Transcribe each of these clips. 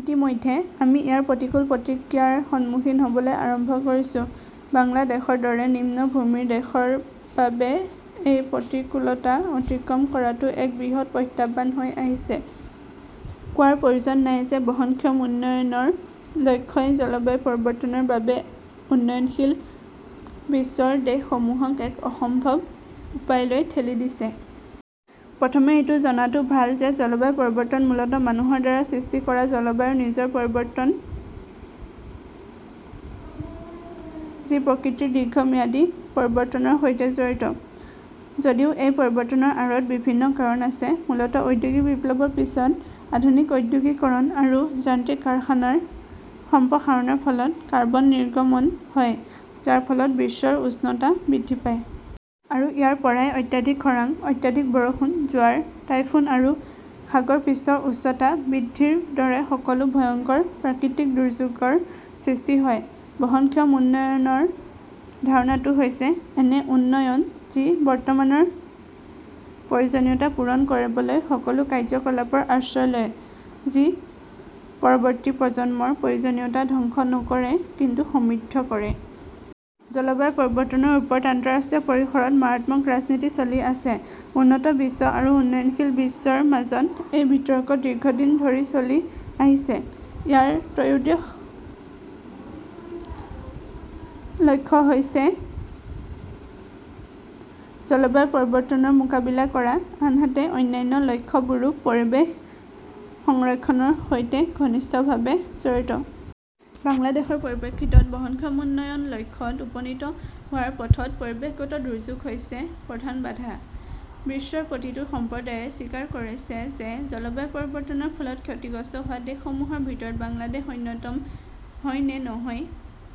ইতিমধ্যে আমি ইয়াৰ প্ৰতিকূল প্ৰতিক্ৰিয়াৰ সন্মুখীন হ'বলৈ আৰম্ভ কৰিছো। বাংলাদেশৰ দৰে নিম্নভূমিৰ দেশৰ বাবে এই প্ৰতিকূলতা অতিক্ৰম কৰাটো এক বৃহৎ প্ৰত্যাহ্বান হৈ আহিছে। কোৱাৰ প্ৰয়োজন নাই যে বহনক্ষম উন্নয়নৰ লক্ষ্যই জলবায়ু পৰিৱৰ্তনৰ বাবে উন্নয়নশীল বিশ্বৰ দেশসমূহক এক অসম্ভৱ উপায়লৈ ঠেলি দিছে। প্ৰথমে এইটো জনাটো ভাল যে জলবায়ু পৰিৱৰ্তন মূলতঃ মানুহৰ দ্বাৰা সৃষ্টি কৰা বা জলবায়ুৰ নিজৰ পৰিৱৰ্তন যি প্ৰকৃতিৰ দীৰ্ঘম্যাদী পৰিৱৰ্তনৰ সৈতে জড়িত। যদিও এই পৰিৱৰ্তনৰ আঁৰত বিভিন্ন কাৰণ আছে, মূলতঃ ঔদ্যোগিক বিপ্লৱৰ পিছত আধুনিক ঔদ্যোগিকৰণ আৰু যান্ত্ৰিক কাৰখানাৰ সম্প্ৰসাৰণৰ ফলত কাৰ্বন নিৰ্গমন হয় যাৰ ফলত বিশ্বৰ উষ্ণতা বৃদ্ধি পায়। আৰু ইয়াৰ পৰাই অত্যাধিক খৰাং, অত্যাধিক বৰষুণ, জোৱাৰ, টাইফুন আৰু সাগৰ পৃষ্ঠৰ উচ্চতা বৃদ্ধিৰ দৰে সকলো ভয়ংকৰ প্ৰাকৃতিক দুৰ্যোগৰ সৃষ্টি হয়। বহনক্ষম উন্নয়নৰ ধাৰণাটো হৈছে এনে উন্নয়ন যি বৰ্তমানৰ প্ৰয়োজনীয়তা পূৰণ কৰিবলৈ সকলো কাৰ্যকলাপৰ আশ্ৰয় লয়, যি পৰৱৰ্তী প্ৰজন্মৰ প্ৰয়োজনীয়তা ধ্বংস নকৰে কিন্তু সমৃদ্ধ কৰে। জলবায়ু পৰিৱৰ্তনৰ ওপৰত আন্তঃৰাষ্ট্ৰীয় পৰিসৰত মাৰাত্মক ৰাজনীতি চলি আছে। উন্নত বিশ্ব আৰু উন্নয়নশীল বিশ্বৰ মাজত এই বিতৰ্ক দীৰ্ঘদিন ধৰি চলি আহিছে। ইয়াৰ ত্ৰয়োদশ লক্ষ্য হৈছে জলবায়ু পৰিৱৰ্তনৰ মোকাবিলা কৰা, আনহাতে অন্যান্য লক্ষ্যবোৰো পৰিৱেশ সংৰক্ষণৰ সৈতে ঘনিষ্ঠভাৱে জড়িত। বাংলাদেশৰ পৰিপ্ৰেক্ষিতত বহনক্ষম উন্নয়ন লক্ষ্যত উপনীত হোৱাৰ পথত পৰিৱেশগত দুৰ্যোগ হৈছে প্ৰধান বাধা। বিশ্বৰ প্ৰতিটো সম্প্ৰদায়ে স্বীকাৰ কৰিছে যে জলবায়ু পৰিৱৰ্তনৰ ফলত ক্ষতিগ্ৰস্ত হোৱা দেশসমূহৰ ভিতৰত বাংলাদেশ অন্যতম হয় নে নহয়,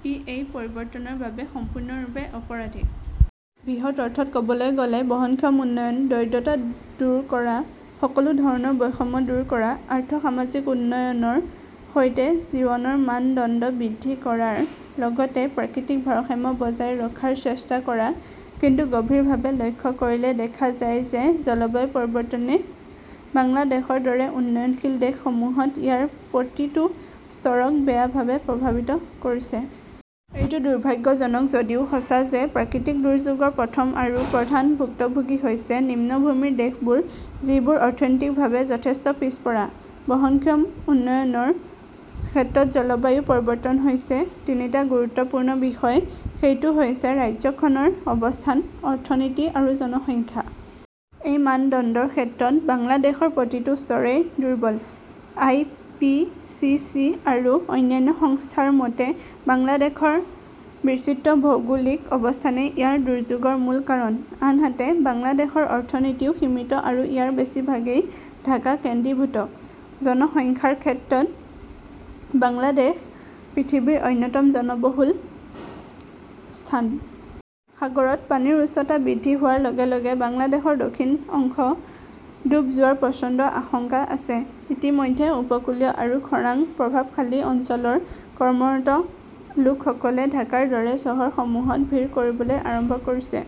ই এই পৰিৱৰ্তনৰ বাবে সম্পূৰ্ণৰূপে অপৰাধী। বৃহৎ অৰ্থত ক'বলৈ গ'লে, বহনক্ষম উন্নয়ন, দৰিদ্ৰতা দূৰ কৰা, সকলো ধৰণৰ বৈষম্য দূৰ কৰা, আৰ্থ-সামাজিক উন্নয়নৰ সৈতে জীৱনৰ মানদণ্ড বৃদ্ধি কৰাৰ লগতে প্ৰাকৃতিক ভাৰসাম্য বজাই ৰখাৰ চেষ্টা কৰা; কিন্তু গভীৰভাৱে লক্ষ্য কৰিলে দেখা যায় যে জলবায়ু পৰিৱৰ্তনে বাংলাদেশৰ দৰে উন্নয়নশীল দেশসমূহত ইয়াৰ প্ৰতিটো স্তৰক বেয়াভাৱে প্ৰভাৱিত কৰিছে। এইটো দুৰ্ভাগ্যজনক যদিও সঁচা যে প্ৰাকৃতিক দুৰ্যোগৰ প্ৰথম আৰু প্ৰধান ভুক্তভোগী হৈছে নিম্নভূমিৰ দেশবোৰ, যিবোৰ অৰ্থনৈতিকভাৱে যথেষ্ট পিছপৰা। বহনক্ষম উন্নয়নৰ ক্ষেত্ৰত জলবায়ু পৰিৱৰ্তন হৈছে তিনিটা গুৰুত্বপূৰ্ণ বিষয়। সেইটো হৈছে ৰাজ্যখনৰ অৱস্থান, অৰ্থনীতি আৰু জনসংখ্যা। এই মানদণ্ডৰ ক্ষেত্ৰত বাংলাদেশৰ প্ৰতিটো স্তৰেই দুৰ্বল। আই. পি. চি. চি. আৰু অন্যান্য সংস্থাৰ মতে বাংলাদেশৰ বিচিত্ৰ ভৌগোলিক অৱস্থানেই ইয়াৰ দুৰ্যোগৰ মূল কাৰণ। আনহাতে বাংলাদেশৰ অৰ্থনীতিও সীমিত আৰু ইয়াৰ বেছিভাগেই ঢাকা কেন্দ্ৰীভূত। জনসংখ্যাৰ ক্ষেত্ৰত বাংলাদেশ পৃথিৱীৰ অন্যতম জনবহুল স্থান। সাগৰত পানীৰ উচ্চতা বৃদ্ধি হোৱাৰ লগে লগে বাংলাদেশৰ দক্ষিণ অংশ ডুব যোৱাৰ প্ৰচণ্ড আশংকা আছে। ইতিমধ্যে উপকূলীয় আৰু খৰাং প্ৰভাৱশালী অঞ্চলৰ কৰ্মৰত লোকসকলে ঢাকাৰ দৰে চহৰসমূহত ভিৰ কৰিবলৈ আৰম্ভ কৰিছে।